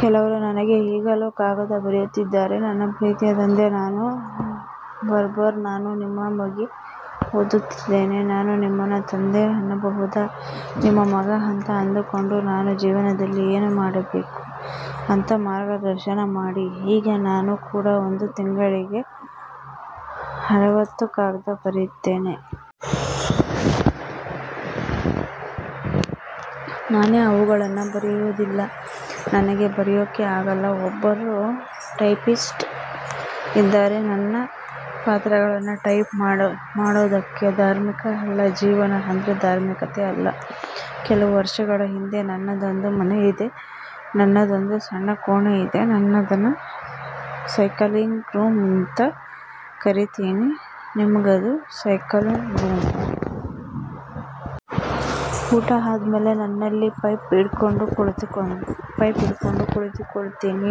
ಕೆಲವರು ನನಗೆ ಈಗಲೂ ಕಾಗದ ಬರೀತಿರ್ತಾರೆ 'ನನ್ನ ಪ್ರೀತಿಯ ತಂದೆ, ನಾನು ಬಾರ್ಬರ್. ನಾನು ನಿಮ್ಮ ಬಗ್ಗೆ ಓದಿದ್ದೇನೆ. ನಾನು ನಿಮ್ಮನ್ನ ತಂದೆ ಅನ್ನಬಹುದಾ. ನಿಮ್ಮ ಮಗ ಅಂತ ಅಂದ್ಕೊಂಡು, ನಾನು ಜೀವನದಲ್ಲಿ ಏನು ಮಾಡಬೇಕು ಅಂತ ಮಾರ್ಗದರ್ಶನ ಮಾಡಿ. ' ಹೀಗೆ. ನಾನು ಕೂಡಾ ಒಂದು ತಿಂಗಳಿಗೆ ಅರವತ್ತು ಕಾಗ್ದ ಬರೀತೇನೆ. ನಾನೇ ಅವುಗಳನ್ನ ಬರಯೋದಿಲ್ಲ. ನನಗೆ ಬರೆಯೋಕೆ ಆಗಲ್ಲ. ಒಬ್ಬರು ಟೈಪಿಸ್ಟ್ ಇದ್ದಾರೆ ನನ್ನ ಪತ್ರಗಳನ್ನ ಟೈಪ್ ಮಾಡೋದಿಕ್ಕೆ. ಧಾರ್ಮಿಕ ಅಲ್ಲ. ಜೀವನ ಅಂದ್ರೆ ಧಾರ್ಮಿಕತೆ ಅಲ್ಲ. ಕೆಲವು ವರ್ಷಗಳ ಹಿಂದೆ, ನನ್ನದೊಂದು ಮನೆಯಿದೆ, ನನ್ನದೊಂದು ಸಣ್ಣ ಕೋಣೆಯಿದೆ. ನಾನದನ್ನ 'ಸಲ್ಕಿಂಗ್ ರೂಂ' ಅಂತ ಕರೀತೀನಿ. ನಿಮಗ್ಗೊತ್ತಾ 'ಸಲ್ಕಿಂಗ್ ರೂಂ. ' ಊಟ ಆದ್ಮೇಲೆ ನಾನಲ್ಲಿ ಪೈಪ್ ಹಿಡ್ಕೊಂಡು ಕೂತ್ಕೋಳ್ತೀನಿ.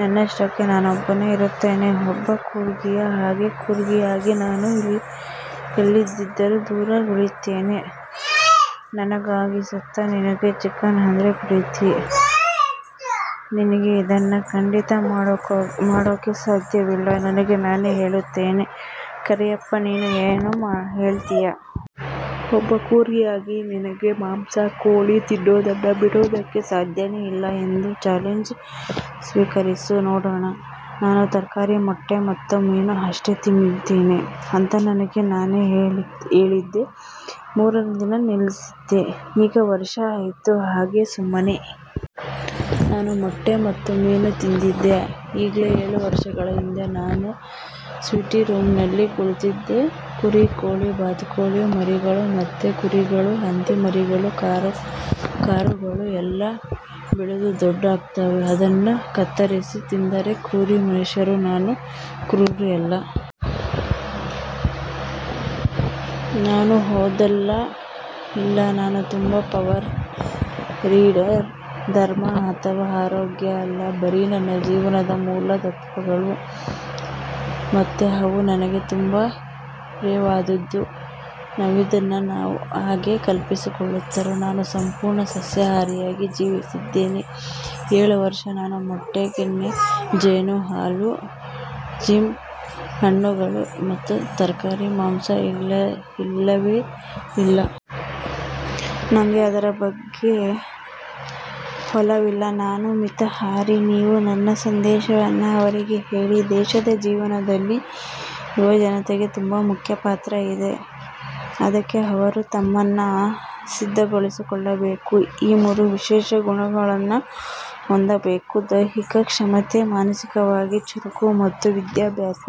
ನನ್ನಷ್ಟಕ್ಕೆ ನಾನೊಬ್ಬನೇ ಇರ್ತೀನೆ. ಒಬ್ಬ ಕೂರ್ಗಿಯ ಹಾಗೆ, ಕೂರ್ಗಿಯಾಗಿ ನಾನು ಎಲ್ಲದ್ರಿಂದ ದೂರ ಉಳೀತೀನೆ. ನನಗನಿಸಿತು. 'ನಿನಗೆ ಚಿಕನ್ ಅಂದ್ರೆ ಪ್ರೀತಿ. ನಿನಗೆ ಇದನ್ನ ಖಂಡಿತಾ ಮಾಡೋಕೆ ಸಾಧ್ಯವಿಲ್ಲ'. ನನಗೆ ನಾನೇ ಹೇಳ್ತೇನೆ. 'ಕಾರಿಯಪ್ಪ. ನೀನು ಏನು ಹೇಳ್ತಿಯಾ? ಒಬ್ಬ ಕೂರ್ಗಿಯಾಗಿ ನಿನಗೆ ಮಾಂಸ, ಕೋಳಿ, ತಿನ್ನೋದನ್ನ ಬಿಡೋದಕ್ಕೆ ಸಾಧ್ಯನೇ ಇಲ್ಲ. ಇದು ಚ್ಯಾಲೆಂಜ್. ಸ್ವೀಕರಿಸು ನೋಡೋಣ? ' 'ನಾನು ತರಕಾರಿ, ಮೊಟ್ಟೆ ಮತ್ತು ಮೀನು ಅಷ್ಟೇ ತಿನ್ತೇನೆ' ಅಂತ ನನಗೆ ನಾನೇ ಹೇಳಿದೆ. ಮಾರನೇ ದಿನ ನಿಲ್ಲಿಸಿದೆ. ಈಗ ವರ್ಷ ಆಯ್ತು. ಹಾಗೇ ಸುಮ್ಮನೆ. ನಾನು ಮೊಟ್ಟೆ ಮತ್ತು ಮೀನು ತಿಂತಿದ್ದೆ. ಈಗ್ಗೆ ಏಳು ವರ್ಷಗಳ ಹಿಂದೆ ನಾನು ಸ್ಟಡಿ ರೂಂನಲ್ಲಿ ಕೂತ್ಕೊಂಡಿದ್ದೆ. ಕುರಿ, ಕೋಳಿ, ಬಾತುಕೋಳಿ ಮರಿಗಳು, ಮತ್ತೆ ಕುರಿಗಳು. ಹಂದಿ ಮರಿಗಳು. ಕರುಗಳು. ಎಲ್ಲ ಬೆಳೆದು ದೊಡ್ಡ ಆಗ್ತಾವೆ. ಅದನ್ನ ಕತ್ತರಿಸಿ ತಿಂತಾರೆ ಕ್ರೂರಿ ಮನುಷ್ಯರು. ನಾನು ಕ್ರೂರಿಯಲ್ಲ. ನಾನು ಓದೋದೇ ಇಲ್ಲ. ನಾನು ತುಂಬಾ ಪುವರ್ ರೀಡರ್. ಧರ್ಮ ಅಥವಾ ಆರೋಗ್ಯ ಇಲ್ಲ. ಬರೀ ನನ್ನ ಜೀವನದ ಮೂಲ ತತ್ವಗಳು ಮತ್ತೆ ಅವು ನನಗೆ ತುಂಬಾ ಪ್ರಿಯವಾದವು. ನೀವಿದನ್ನ ಹೇಗೆ ಕಲ್ಪಿಸಿಕೊಳ್ತೀರಾ. ನಾನು ಸಂಪೂರ್ಣ ಸಸ್ಯಹಾರಿಯಾಗಿ ಜೀವಿಸ್ತಿದ್ದೇನೆ. ಏಳು ವರ್ಷ. ನಾನು ಮೊಟ್ಟೆ, ಕೆನೆ, ಜೇನು, ಹಾಲು, ಜ್ಯಾಮ್, ಹಣ್ಣುಗಳು ಮತ್ತೆ ತರಕಾರಿ, ಮಾಂಸ ಇಲ್ಲವೇ ಇಲ್ಲ. ನಂಗೆ ಅದರ ಬಗ್ಗೆ ಒಲವಿಲ್ಲ. ನಾನು ಮಿತಾಹಾರಿ. ನೀವು ನನ್ನ ಸಂದೇಶವನ್ನ ಅವರಿಗೆ ಹೇಳಿ. ದೇಶದ ಜೀವನದಲ್ಲಿ ಯುವಜನತೆಗೆ ತುಂಬಾ ಮುಖ್ಯ ಪಾತ್ರ ಇದೆ. ಅದಕ್ಕೆ ಅವರು ತಮ್ಮನ್ನ ಸಿದ್ಧಗೊಳಿಸಿಕೊಳ್ಳಬೇಕು. ಈ ಮೂರು ವಿಶೇಷ ಗುಣಗಳನ್ನ ಹೊಂದಬೇಕು. ದೈಹಿಕ ಕ್ಷಮತೆ, ಮಾನಸಿಕವಾಗಿ ಚುರುಕು ಮತ್ತು ವಿದ್ಯಾಭ್ಯಾಸ,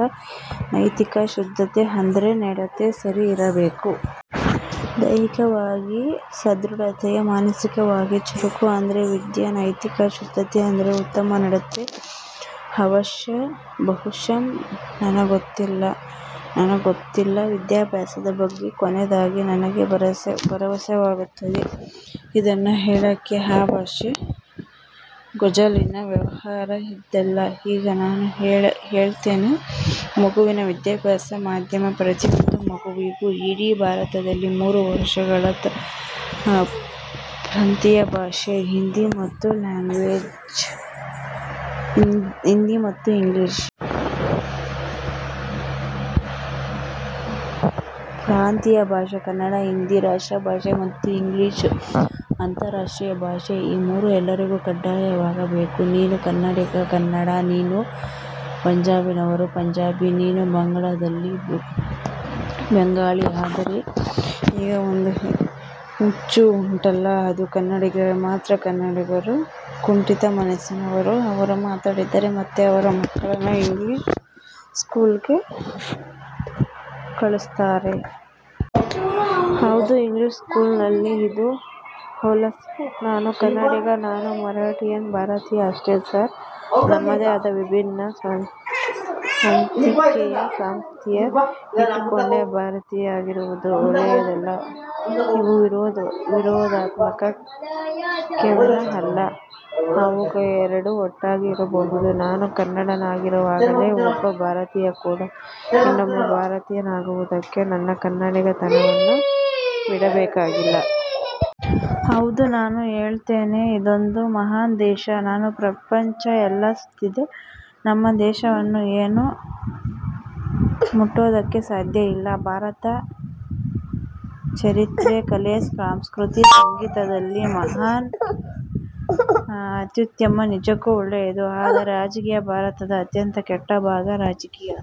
ನೈತಿಕ ಶುದ್ಧತೆ ಅಂದ್ರೆ ನಡತೆ ಸರಿ ಇರಬೇಕು. ದೈಹಿಕವಾಗಿ ಸದೃಢತೆ, ಮಾನಸಿಕವಾಗಿ ಚುರುಕು ಅಂದ್ರೆ ವಿದ್ಯೆ, ನೈತಿಕ ಶುದ್ಧತೆ ಅಂದ್ರೆ ಉತ್ತಮ ನಡತೆ ಅವಶ್ಯ. ಬಹುಶಃ ನನಗ್ಗೊತ್ತಿಲ್ಲ. ನನಗ್ಗೊತ್ತಿಲ್ಲ ವಿದ್ಯಾಭ್ಯಾಸದ ಬಗ್ಗೆ. ಕೊನೇದಾಗಿ ನನಗೆ ಬೇಸರವಾಗುತ್ತೆ ಇದನ್ನ ಹೇಳಕ್ಕೆ ಈ ಭಾಷಾ ಗೋಜಲಿನ ವ್ಯವಹಾರ ಇದ್ಯಲ್ಲ ಈಗ. ನಾನು ಹೇಳ್ತೇನೆ. ಮಗುವಿನ ವಿದ್ಯಾಭ್ಯಾಸ ಮಾಧ್ಯಮ – ಪ್ರತಿಯೊಂದು ಮಗುವಿಗೂ ಇಡೀ ಭಾರತದಲ್ಲಿ ಮೂರು ಭಾಷೆಗಳು, ಪ್ರಾಂತೀಯ ಭಾಷೆ, ಹಿಂದಿ ಮತ್ತು ಇಂಗ್ಲಿಷ್. ಪ್ರಾಂತೀಯ ಭಾಷೆ ಕನ್ನಡ, ಹಿಂದಿ ರಾಷ್ಟ್ರಭಾಷೆ ಮತ್ತು ಇಂಗ್ಲಿಷ್ ಅಂತರರಾಷ್ಟ್ರೀಯ ಭಾಷೆ. ಈ ಮೂರು ಎಲ್ಲರಿಗೂ ಕಡ್ಡಾಯವಾಗಬೇಕು. ನೀನು ಕನ್ನಡಿಗ, ಕನ್ನಡ; ನೀನು ಪಂಜಾಬ್ನವರು, ಪಂಜಾಬಿ; ನೀನು ಬಂಗಾಳದಲ್ಲಿದ್ದೀ ಬಂಗಾಳಿ. ಆದರೆ ಈಗ ಒಂದು ಹುಚ್ಚು ಉಂಟಲ್ಲ ಅದು ಕನ್ನಡಿಗರಿಗೆ ಮಾತ್ರ. ಕನ್ನಡಿಗರು ಕುಂಠಿತ ಮನಸ್ಸಿನವರು ಅವರು ಮಾತಾಡ್ತಾರೆ ಮತ್ತೆ ಅವರ ಮಕ್ಕಳನ್ನ ಇಂಗ್ಲಿಷ್ ಸ್ಕೂಲ್ಗೆ ಕಳಿಸ್ತಾರೆ. ಹೌದು. ಇಂಗ್ಲಿಷ್ ಸ್ಕೂಲ್ನಲ್ಲಿ. ಇದು ಹೊಲಸು. ನಾನು ಕನ್ನಡಿಗ. ನಾನು ಮರಾಠಿಯನ್. ಭಾರತೀಯ ಅಷ್ಟೆ. ಸರ್, ನಮ್ಮದೇ ಆದ ವಿಭಿನ್ನ ಸ್ವಂತಿಕೆಯ ಸಂಸ್ಕೃತಿಯನ್ನ ಇಟ್ಟುಕೊಂಡೇ ಭಾರತೀಯನಾಗಿರುವುದು ಒಳ್ಳೇಯದಲ್ವ. ಇವು ವಿರೋಧಾತ್ಮಕವೇನಲ್ಲ. ಅವುಗಳೆರಡೂ ಒಟ್ಟಾಗಿ ಇರ್ಬಹುದು. ನಾನು ಕನ್ನಡಿಗನಾಗಿರುವಾಗಲೇ ಒಬ್ಬ ಭಾರತೀಯ ಕೂಡಾ. ನಾನೊಬ್ಬ ಭಾರತೀಯನಾಗುವುದಕ್ಕೆ ನನ್ನ ಕನ್ನಡಿಗತನವನ್ನ ಬಿಡಬೇಕಾಗಿಲ್ಲ. ಹೌದು. ನಾನು ಹೇಳ್ತೇನೆ, ಇದೊಂದು ಮಹಾನ್ ದೇಶ. ನಾನು ಪ್ರಪಂಚ ಎಲ್ಲ ಸುತ್ತಿದೆ. ನಮ್ಮ ದೇಶವನ್ನ ಏನೂ ಮುಟ್ಟೋದಕ್ಕೆ ಸಾಧ್ಯ ಇಲ್ಲ. ಭಾರತ ಚರಿತ್ರೆ, ಕಲೆ, ಸಂಸ್ಕೃತಿ, ಸಂಗೀತದಲ್ಲಿ ಮಹಾನ್, ಅತ್ಯುತ್ತಮ. ನಿಜಕ್ಕೂ ಒಳ್ಳೇದು. ಆದರೆ ರಾಜಕೀಯ ಭಾರತದ ಅತ್ಯಂತ ಕೆಟ್ಟ ಭಾಗ ರಾಜಕೀಯ.